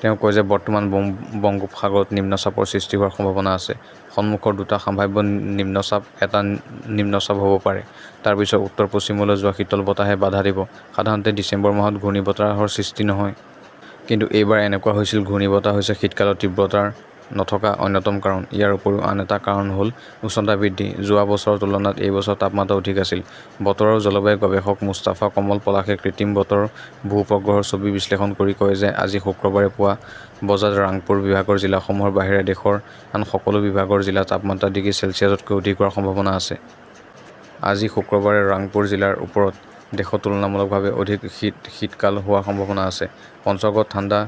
তেওঁ কয় যে বৰ্তমান বংগোপসাগৰত নিম্নচাপৰ সৃষ্টি হোৱাৰ সম্ভাৱনা আছে। সন্মুখৰ দুটা সম্ভাৱ্য নিম্নচাপৰ এটা নিম্নচাপ হ "ব পাৰে। তাৰ পিছত উত্তৰ-পশ্চিমলৈ যোৱা শীতল বতাহে বাধা দিব। সাধাৰণতে ডিচেম্বৰ মাহত ঘূৰ্ণীবতাহৰ সৃষ্টি নহয়। কিন্তু এইবাৰ এনেকুৱা হৈছিল। ঘূৰ্ণীবতাহ হৈছে শীতকালৰ তীব্ৰতা নথকাৰ অন্যতম কাৰণ। ইয়াৰ উপৰিও আন এটা কাৰণ হ "ল উষ্ণতা বৃদ্ধি। যোৱা বছৰৰ তুলনাত এই বছৰ তাপমাত্ৰা অধিক আছিল। বতৰ আৰু জলবায়ু গৱেষক মুস্তাফা কমল পলাশে কৃত্ৰিম বতৰৰ ভূ-উপগ্ৰহৰ ছবি বিশ্লেষণ কৰি কয় যে আজি শুক্ৰবাৰে পুৱা বজাত ৰাংপুৰ বিভাগৰ জিলাসমূহৰ বাহিৰে দেশৰ আন সকলো বিভাগৰ জিলাৰ তাপমাত্ৰা ডিগ্ৰী চেলছিয়াছতকৈ অধিক হোৱাৰ সম্ভাৱনা আছে। আজি শুক্ৰবাৰে ৰাংপুৰ জিলাৰ ওপৰত দেশত তুলনামূলকভাৱে অধিক শীতকাল হোৱাৰ সম্ভাৱনা আছে। পঞ্চগড়ত ঠাণ্ডা,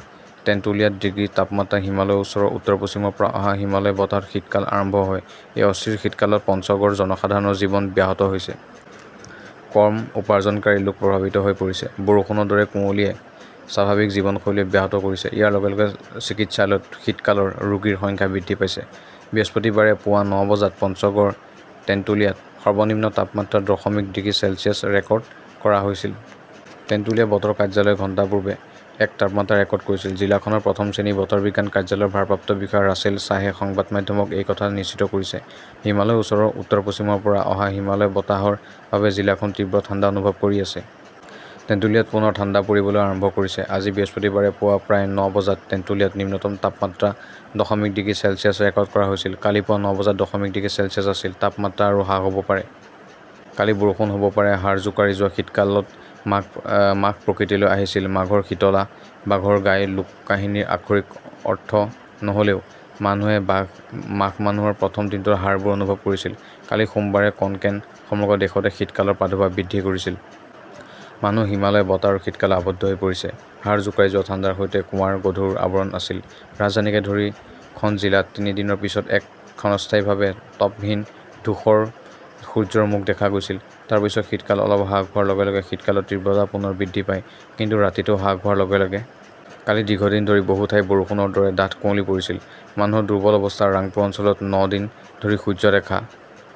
টেন্টুলিয়াত ডিগ্ৰী তাপমাত্ৰা হিমালয়ৰ ওচৰৰ উত্তৰ-পশ্চিমৰ পৰা অহা হিমালয়ৰ বতাহত শীতকাল আৰম্ভ হয়। এই অস্থিৰ শীতকালত পঞ্চগড়ৰ জনসাধাৰণৰ জীৱন ব্যাহত হৈছে। কম উপাৰ্জনকাৰী লোক প্ৰভাৱিত হৈ পৰিছে। বৰষুণৰ দৰে কুঁৱলীয়ে স্বাভাৱিক জীৱনশৈলী ব্যাহত কৰিছে। ইয়াৰ লগে লগে চিকিৎসালয়ত শীতকালৰ ৰোগীৰ সংখ্যা বৃদ্ধি পাইছে। বৃহস্পতিবাৰে পুৱা ন বজাত পঞ্চগড়ৰ তেন্তুলিয়াত সৰ্বনিম্ন তাপমাত্ৰা দশমিক ডিগ্ৰী চেলছিয়াছ ৰেকৰ্ড কৰা হৈছিল। টেন্টুলিয়া বতৰ কাৰ্যালয়ে ঘণ্টা পূৰ্বে একে তাপমাত্ৰা ৰেকৰ্ড কৰিছিল। জিলাখনৰ প্ৰথম শ্ৰেণীৰ বতৰ বিজ্ঞান কাৰ্যালয়ৰ ভাৰপ্ৰাপ্ত বিষয়া ৰাছেল শ্বাহে সংবাদ মাধ্যমক এই কথা নিশ্চিত কৰিছে। "হিমালয়ৰ ওচৰৰ উত্তৰ-পশ্চিমৰ পৰা অহা হিমালয়ৰ বতাহৰ বাবে জিলাখন তীব্ৰ ঠাণ্ডা অনুভৱ কৰি আছে। টেন্টুলিয়াত পুনৰ ঠাণ্ডা পৰিবলৈ আৰম্ভ কৰিছে। আজি বৃহস্পতিবাৰে পুৱা প্ৰায় ন বজাত তেন্তুলিয়াত নিম্নতম তাপমাত্ৰা দশমিক ডিগ্ৰী চেলছিয়াছ ৰেকৰ্ড কৰা হৈছিল। কালি পুৱা ন বজাত দশমিক ডিগ্ৰী চেলছিয়াছ আছিল। তাপমাত্ৰা আৰু হ্ৰাস হ "ব পাৰে। "। কালি বৰষুণ হ "ব পাৰে হাড় জোকাৰি যোৱা শীতকালত মাঘ প্ৰকৃতিলৈ আহিছিল। 'মাঘৰ শীতলা বাঘৰ গাই "-লোককাহিনীৰ আক্ষৰিক অৰ্থ নহ" লেও, মানুহে মাঘ মাহৰ প্ৰথম দিনটোত হাড়বোৰ অনুভৱ কৰিছিল। কালি সোমবাৰে কনকনে সমগ্ৰ দেশতে শীতকালৰ প্ৰাদুৰ্ভাৱ বৃদ্ধি কৰিছিল। মানুহ হিমালয়ৰ বতাহ আৰু শীতকালত আৱদ্ধ হৈ পৰিছে। হাড় জোকাৰি যোৱা ঠাণ্ডাৰ সৈতে কুৱাৰ গধুৰ আৱৰণ আছিল। ৰাজধানীকে ধৰি খন জিলাত তিনি দিনৰ পিছত এক ক্ষণস্থায়ীভাৱে তাপহীন-ধূসৰ সূৰ্যৰ মুখ দেখা গৈছিল। তাৰ পিছত শীতকাল অলপ হ্ৰাস হোৱাৰ লগে লগে শীতকালৰ তীব্ৰতা পুনৰ বৃদ্ধি পায়, কিন্তু ৰাতিটো হ্ৰাস হোৱাৰ লগে লগে। কালি দীৰ্ঘদিন ধৰি বহু ঠাইত বৰষুণৰ দৰে ডাঠ কুঁৱলী পৰিছিল। মানুহৰ দুৰ্বল অৱস্থা। ৰাংপুৰ অঞ্চলত ন দিন ধৰি সূৰ্য দেখা